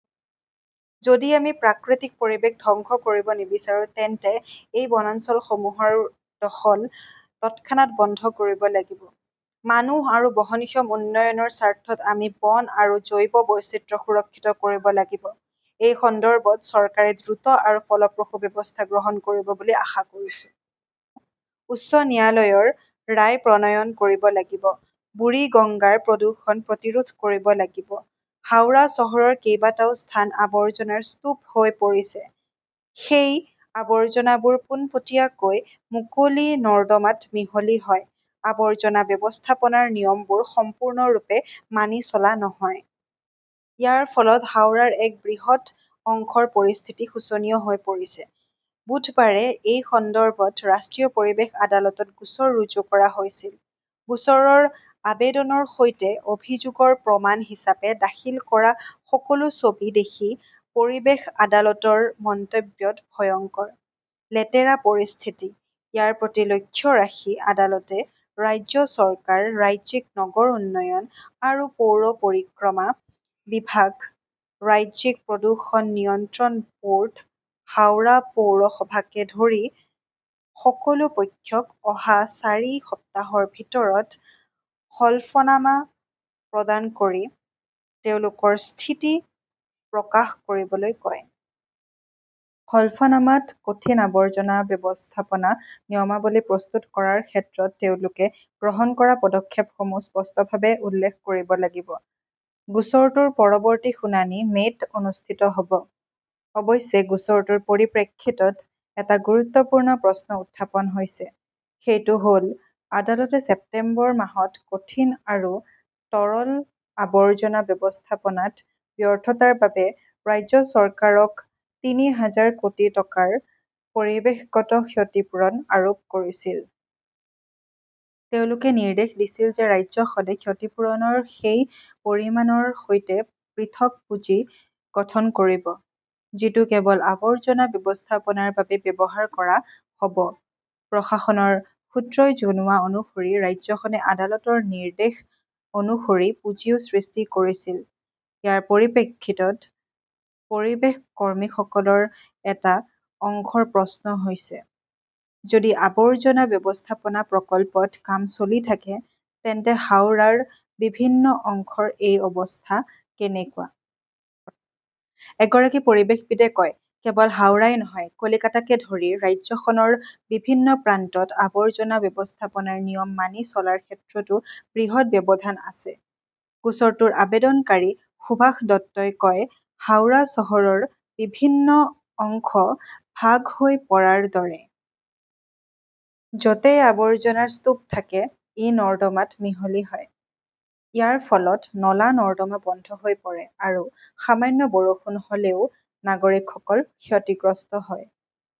যদি আমি প্ৰাকৃতিক পৰিৱেশ ধ্বংস কৰিব নিবিচাৰো, তেন্তে এই বনাঞ্চলসমূহৰ দখল তৎক্ষণাত বন্ধ কৰিব লাগিব। মানুহ আৰু বহনক্ষম উন্নয়নৰ স্বাৰ্থত আমি বন আৰু জৈৱ বৈচিত্ৰ্য সুৰক্ষিত কৰিব লাগিব। এই সন্দৰ্ভত চৰকাৰে দ্ৰুত আৰু ফলপ্ৰসূ ব্যৱস্থা গ্ৰহণ কৰিব বুলি আশা কৰিছোঁ। উচ্চ ন্যায়ালয়ৰ ৰায় প্ৰণয়ন কৰিব লাগিব বুৰিগঙ্গাৰ প্ৰদূষণ প্ৰতিৰোধ কৰিব লাগিব হাওৰা চহৰৰ কেইবাটাও স্থান আবৰ্জনাৰ স্তূপ হৈ পৰিছে। সেই আৱৰ্জনাবোৰ পোনপটীয়াকৈ মুকলি নৰ্দমাত মিহলি হয়। আৱৰ্জনা ব্যৱস্থাপনাৰ নিয়মবোৰ সম্পূৰ্ণৰূপে মানি চলা নহয়। ইয়াৰ ফলত হাওৰাৰ এক বৃহৎ অংশৰ পৰিস্থিতি শোচনীয় হৈ পৰিছে। বুধবাৰে এই সন্দৰ্ভত ৰাষ্ট্ৰীয় পৰিৱেশ আদালতত গোচৰ ৰুজু কৰা হৈছিল। গোচৰৰ আবেদনৰ সৈতে অভিযোগৰ প্ৰমাণ হিচাপে দাখিল কৰা সকলো ছবি দেখি পৰিৱেশ আদালতৰ মন্তব্যত ভয়ংকৰ, লেতেৰা পৰিস্থিতি, ইয়াৰ প্ৰতি লক্ষ্য ৰাখি আদালতে ৰাজ্য চৰকাৰ, ৰাজ্যিক নগৰ উন্নয়ন আৰু পৌৰ পৰিক্ৰমা বিভাগ, ৰাজ্যিক প্ৰদূষণ নিয়ন্ত্ৰণ ব'ৰ্ড, হাওৰা পৌৰসভাকে ধৰি সকলো পক্ষক অহা চাৰি সপ্তাহৰ ভিতৰত হলফনামা প্ৰদান কৰি তেওঁলোকৰ স্থিতি প্ৰকাশ কৰিবলৈ কয়। হলফনামাত কঠিন আৱৰ্জনা ব্যৱস্থাপনা নিয়মাৱলী প্ৰস্তুত কৰাৰ ক্ষেত্ৰত তেওঁলোকে গ্ৰহণ কৰা পদক্ষেপসমূহ স্পষ্টভাৱে উল্লেখ কৰিব লাগিব। গোচৰটোৰ পৰৱৰ্তী শুনানি মে 'ত অনুষ্ঠিত হ'ব। অৱশ্যে, গোচৰটোৰ পৰিপ্ৰেক্ষিতত এটা গুৰুত্বপূৰ্ণ প্ৰশ্ন উত্থাপন হৈছে। সেইটো হ 'ল, আদালতে ছেপ্টেম্বৰ মাহত কঠিন আৰু তৰল আৱৰ্জনা ব্যৱস্থাপনাত ব্যৰ্থতাৰ বাবে ৰাজ্য চৰকাৰক তিনি হাজাৰ কোটি টকাৰ পৰিৱেশগত ক্ষতিপূৰণ আৰোপ কৰিছিল। তেওঁলোকে নিৰ্দেশ দিছিল যে ৰাজ্যখনে ক্ষতিপূৰণৰ সেই পৰিমাণৰ সৈতে পৃথক পুঁজি গঠন কৰিব। যিটো কেৱল আৱৰ্জনা ব্যৱস্থাপনাৰ বাবে ব্যৱহাৰ কৰা হ'ব। প্ৰশাসনৰ সূত্ৰই জনোৱা অনুসৰি ৰাজ্যখনে আদালতৰ নিৰ্দেশ অনুসৰি পুঁজিও সৃষ্টি কৰিছিল। ইয়াৰ পৰিপ্ৰেক্ষিতত, পৰিৱেশ কৰ্মীসকলৰ এটা অংশৰ প্ৰশ্ন হৈছে, যদি আৱৰ্জনা ব্যৱস্থাপনা প্ৰকল্পত কাম চলি থাকে, তেন্তে হাওৰাৰ বিভিন্ন অংশৰ এই অৱস্থা কেনেকুৱা? এগৰাকী পৰিৱেশবিদে কয়, "কেৱল হাওৰাই নহয়, কলকাতাকে ধৰি ৰাজ্যখনৰ বিভিন্ন প্ৰান্তত আৱৰ্জনা ব্যৱস্থাপনাৰ নিয়ম মানি চলাৰ ক্ষেত্ৰতো বৃহৎ ব্যৱধান আছে।" গোচৰটোৰ আবেদনকাৰী সুভাষ দত্তই কয়, "হাওৰা চহৰৰ বিভিন্ন অংশ ভাগ হৈ পৰাৰ দৰে। য 'তেই আবৰ্জনাৰ স্তূপ থাকে, ই নৰ্দমাত মিহলি হয়। ইয়াৰ ফলত নলা-নৰ্দমা বন্ধ হৈ পৰে আৰু সামান্য বৰষুণ হ'লেও নাগৰিকসকল ক্ষতিগ্ৰস্ত হয়।"